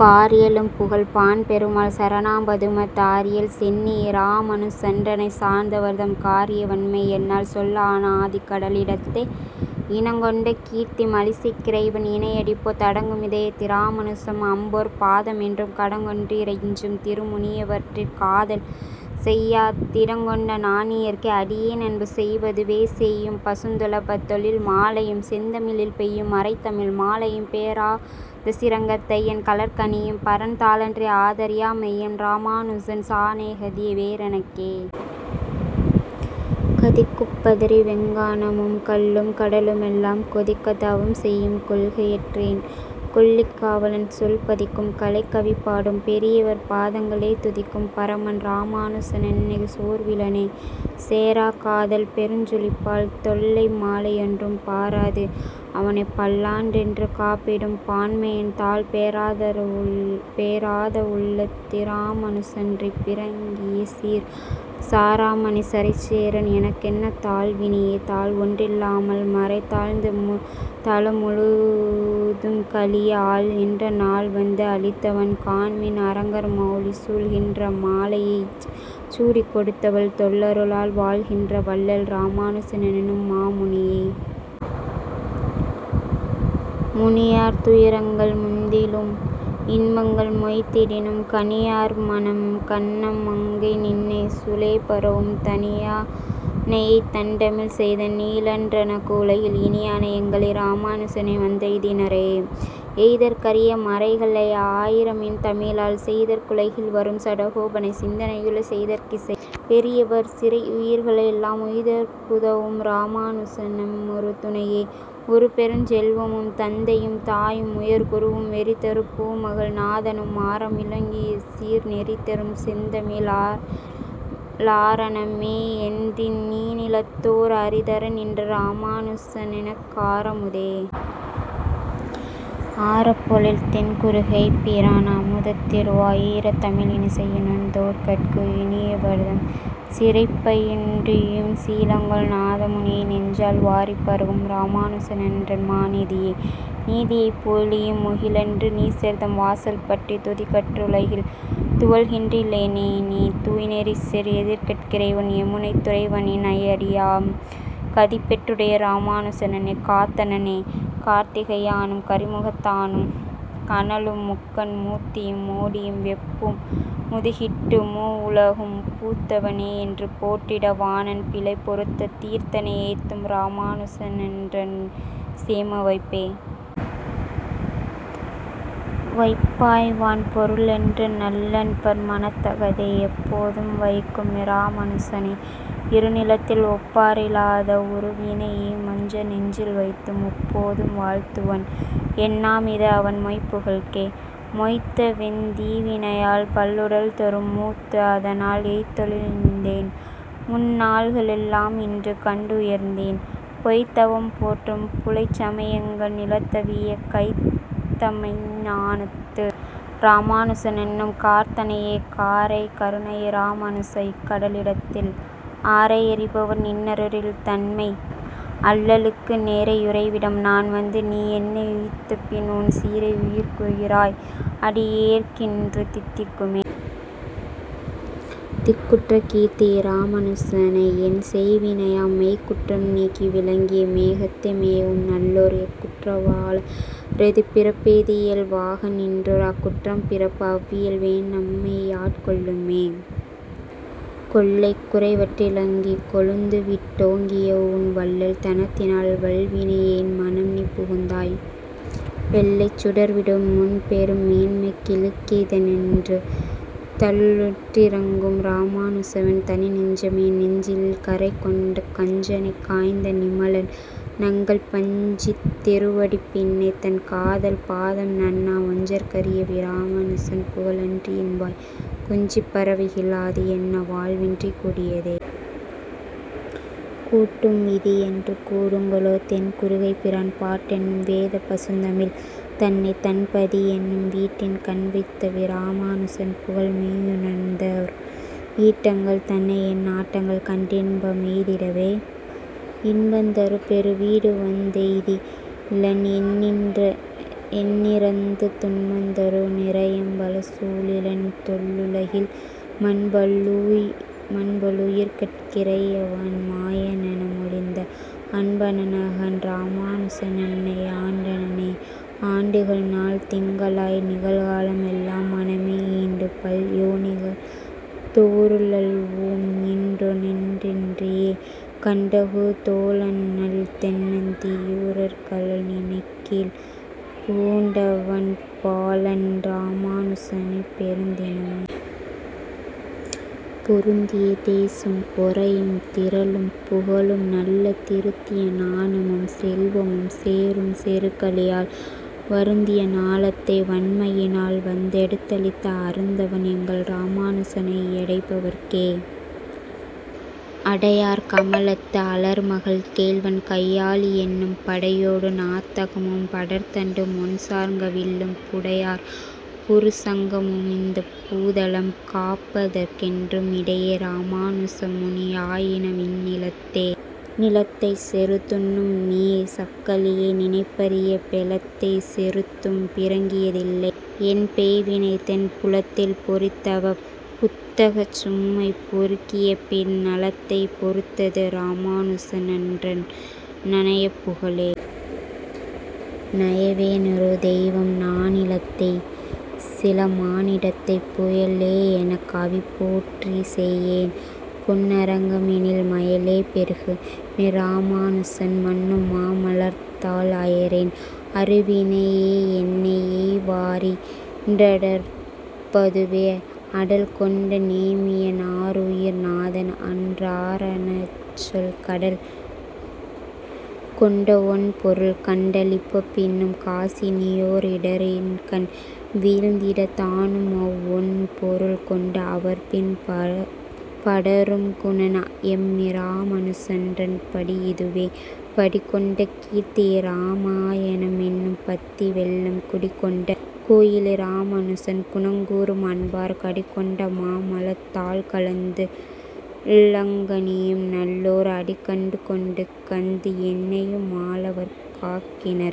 பாரியலும்புகழ்ப் பாண்பெருமாள் சரணாம்பதுமத் தாரியல் சென்னி யிராமாநுசன்றன்னைச் சார்ந்தவர்தம் காரியவண்மை என்னால் சொல்லொணாதிக்கடலிடத்தே.. இடங்கொண்ட கீர்த்தி மழிசைக்கிறைவன் இணையடிப்போ தடங்குமிதயத் திராமாநுசன் அம்பொற்பாதமென்றும் கடங்கொண்டிறைஞ்சும் திருமுனிவர்க்கன்றிக்காதல் செய்யாத் திடங்கொண்டஞானியர்க்கே அடியேனன்பு செய்வதுவே.. செய்யும் பசுந்துளபத்தொழில்மாலையும் செந்தமிழில் பெய்யும் மறைத்தமிழ் மாலையும் பேராதசீரங்கத் தையன் கழற்கணியும் பரன் தாளன்றி ஆதரியா மெய்யன் இராமாநுசன்சாணேகதி வேறெனக்கே.. கதிக்குப்பதறி வெங்கானமும் கல்லும் கடலுமெல்லாம் கொதிக்கத் தவம் செய்யும் கொள்கையற்றேன் கொல்லிகாவலன் சொல் பதிக்கும் கலைக்கவிபாடும் பெரியவர்பாதங்களே துதிக்கும் பரமன் இராமாநுசனென்னைச் சோர்விலனே.. சேராதகாதல் பெருஞ்சுழிப்பால் தொல்லைமாலையொன்றும் பாராது அவனைப்பல்லாண்டென்று காப்பிடும் பான்மையன் தாள் பேராதவுள்ளத் திராமாநுசன்றன் பிறங்கியசீர் சாராமனிசரைச்சேரேன் எனக்கென்ன தாழ்வினியே.. தாழ்வொன்றில்லாமறைதாழ்ந்து தலமுழுதும்கலியே ஆள்கின்ற நாள் வந்து அளித்தவன் காண்மின் அரங்கர்மௌலி சூழ்கின்றமாலையைச் சூடிக்கொடுத்தவள் தொல்லருளால் வாழ்கின்றவள்ளல் இராமா னுசனென்னும் மாமுனியே.. முனியார் துயரங்கள் முந்திலும் இன்பங்கள் மொய்த்திடினும் கனியார்மனம் கண்ணமங்கைநின்னை சுலேபரவும் தனியானையைத்தண்டமிழ் செய்த நீலன் றனக்கு உலகில் இனியானை எங்களிராமாநுசனை வந்தெய்தினரே.. எய்தற்கரிய மறைகளை ஆயிரமின் தமிழால் செய்தற்குலகில் வரும் சடகோபனை சிந்தைனையுள்ளே பெய்தற்கிசையும் பெரியவர்சிரையுயிர்களெல்லாம் உய்தற்குதவும் இராமாநுசனெம்முறு துணையே.. உறுபெருஞ்செல்வமும் தந்தையும் தாயும் உயர்குருவும் வெறிதருபூமகள் நாதனும் மாறன் விளங்கியசீர் நெறிதரும் செந்தமி ழாரணமேயென்றிந்நீணிலத்தோர் அறிதரநின்ற இராமாநுசனெனக்காரமுதே.. ஆரப்பொழில் தென்குருகைப்பிரான் அமுதத்திருவா யீரத்தமிழி னிசையுணர்ந்தோர்கட்கு இனியவர்தம் சீரைப்பயின்றுய்யும் சீலங்கொள் நாதமுனியை நெஞ்சால் வாரிப்பருகும் இராமாநுசனென்றன் மாநிதியே.. நிதியைப் பொழியும் முகிலென்று நீசர்தம் வாசல்பற்றித் துதிகற்றுலகில் துவள்கின்றிலேனினி தூய்நெறிசேர் எதிகட்கிறைவன் யமுனைத்துறைவனிணையடியாம் கதிபெற்றுடைய இராமா னுசனென்னைக்காத்தனனே.. கார்த்திகையானும் கரிமுகத்தானும் கனலும் முக்கண் மூர்த்தியும் மோடியும் வெப்பும் முதுகிட்டு மூவுலகும் பூத்தவனேயென்று போற்றிட வாணன் பிழை பொறுத்த தீர்த்தனை யேத்தும் இராமாநுசனென்றன் சேமவைப்பே.. வைப்பாய்வான் பொருளென்று நல்லன்பர் மனத்தகத்தே எப்போதும் வைக்கு மிராமாநுசனை இருநிலத்தில் ஒப்பாரிலாத வுறுவினையேன்வஞ்சநெஞ்சில்வைத்து முப்போதும் வாழ்த்துவன் என்னாமிது அவன் மொய்புகழ்க்கே.. மொய்த்த வெந்தீவினையால் பல்லுடல்தொறும் மூத்து அதனால் எய்த்தொழிந்தேன் முன்நாள்களெல்லாம் இன்று கண்டுயர்ந்தேன் பொய்த்தவம் போற்றும் புலைச்சமயங்கள் நிலத்தவியக் கைத்தமெய்ஞ்ஞானத்து இராமாநுசனென்னும் கார்தன்னையே.. காரேய் கருணையிராமாநுச இக்கடலிடத்தில் ஆரேயறிபவர் நின்னருளின் தன்மை அல்லலுக்கு நேரேயுறைவிடம் நான் வந்து நீயென்னையுய்த்த பின் உன் சீரேயுயிர்க்குயிராய் அடியேற்கின்று தித்திக்குமே.. திக்குற்றகீர்த்தி யிராமாநுசனை என் செய்வினையாம் மெய்க்குற்றம் நீக்கி விளங்கிய மேகத்தை மேவும் நல்லோர் எக்குற்றவாள ரெது பிறப்பேதியல்வாகநின்றோர் அக்குற்றமப்பிறப்பு அவ்வியல் வேநம்மையாட்கொள்ளுமே.. கொள்ளக்குறைவற்றிலங்கிகொழுந்துவிட் டோங்கியவுன் வள்ளல் தனத்தினால் வல்வினையேன் மனம் நீ புகுந்தாய் வெள்ளைச்சுடர்விடு முன்பெருமேன்மைக்கிழுக்கிதென்று தள்ளுற்றிரங்கும் இராமாநுசவென் தனிநெஞ்சமே.. நெஞ்சில்கறை கொண்ட கஞ்சனைக்காய்ந்த நிமலன் நங்கள் பஞ்சித்திருவடிப் பின்னை தன் காதலன் பாதம் நண்ணா வஞ்சர்க்கரியவிராமா னுசன் புகழன்றியென்வாய் கொஞ்சிப்பரவகில்லாது என்ன வாழ்வின்று கூடியதே.. கூட்டும் விதியென்று கூடுங்கொலோ தென்குருகைப்பிரான் பாட்டென்னும் வேதப்பசுந்தமிழ் தன்னை தன்பத்தியென்னும் வீட்டின் கண்வைத்தவிராமா னுசன் புகழ்மெய்யுணர்ந்தோர் ஈட்டங்கள் தன்னை என் நாட்டங்கள் கண்டின்பமெய்திடவே.. இன்பந்தருபெருவீடுவந்தெய்திலென் எண்ணிறந்த துன்பந்தரு நிரயம்பல சூழிலென் தொல்லுலகில் மன்பல்லுயிர்கட்கிறையவன்மாயனெனமொழிந்த அன்பனனகன் இராமாநுசனென்னையாண்டனனே.. ஆண்டுகள் நாள் திங்களாய் நிகழ்காலமெல்லாம் மனமே ஈண்டு பல்யோனிகள் தோறுழல்வோம் இன்றோரெண்ணின்றியே காண்டகுதோளண்ணல் தென்னத்தியூரர்கழலிணைக்கீழ்ப் பூண்டவன்பாளன் இராமாநுசனைப் பெருந்தினமே.. பொருந்திய தேசும் பொறையும் திறலும் புகழும் நல்ல திருந்தியஞானமும் செல்வமும் சேரும் செறுகலியால் வருந்தியஞாலத்தை வண்மையினால் வந்தெடுத்தளித்த அருந்தவன் எங்களிராமாநுசனையடைபவர்க்கே.. அடையார் கமலத்து அலர்மகள் கேள்வன் கையாழியென்னும் படையோடு நாந்தகமும்படர்தண்டும் ஒண்சார்ங்கவில்லும் புடையார் புரிசங்கமுமிந்தப்பூதலம் காப்பதற்கென்று இடையே இராமாநுசமுனியாயினவிந்நிலத்தே.. நிலத்தைச் செறுத்துண்ணும் நீ சக்கலியை நினைப்பரிய பெலத்தைச் செறுத்தும் பிறங்கியதில்லை என்பெய்வினை தென் புலத்தில் பொறித்தவப் புத்தகச்சும்மைபொறுக்கியபின் நலத்தைப் பொறுத்தது இராமாநுசன்றன் நயப்புகழே.. நயவேனொரு தெய்வம் நானிலத்தே சிலமானிடத்தைப் புயலேயெனக் கவிபோற்றி செய்யேன் பொன்னரங்கமென்னில் மயலே பெருகு மிராமாநுசன்மன்னுமாமலர்த்தாள் அயரேன் அருவினையென்னையெவ்வாறின்றடர்ப்பதுவே.. அடல் கொண்டநேமிய னாருயிர் நாதன் அன்றாரணச்சொல் கடல் கொண்டவொண்பொருள் கண்டளிப்ப பின்னும் காசினியோ ரிடரின்கண் வீழ்ந்திடத் தானுமவ்வொண்பொருள் கொண்டு அவர்பின் படரும்குணன் எம்மிராமாநுசன்றன் படியிதுவே.. படி கொண்ட கீர்த்தி யிராமாயணமென்னும்பத்திவெள்ளம் குடிகொண்ட கோயிலிராமாநுசன் குணங்கூறும் அன்பார் கடிகொண்டமாமலர்த்தாள்கலந்துள்ளங்கனியும் நல்லோர் அடிகண்டுகொண்டு கந்து என்னையுமாளவர்க்காக்கினரே..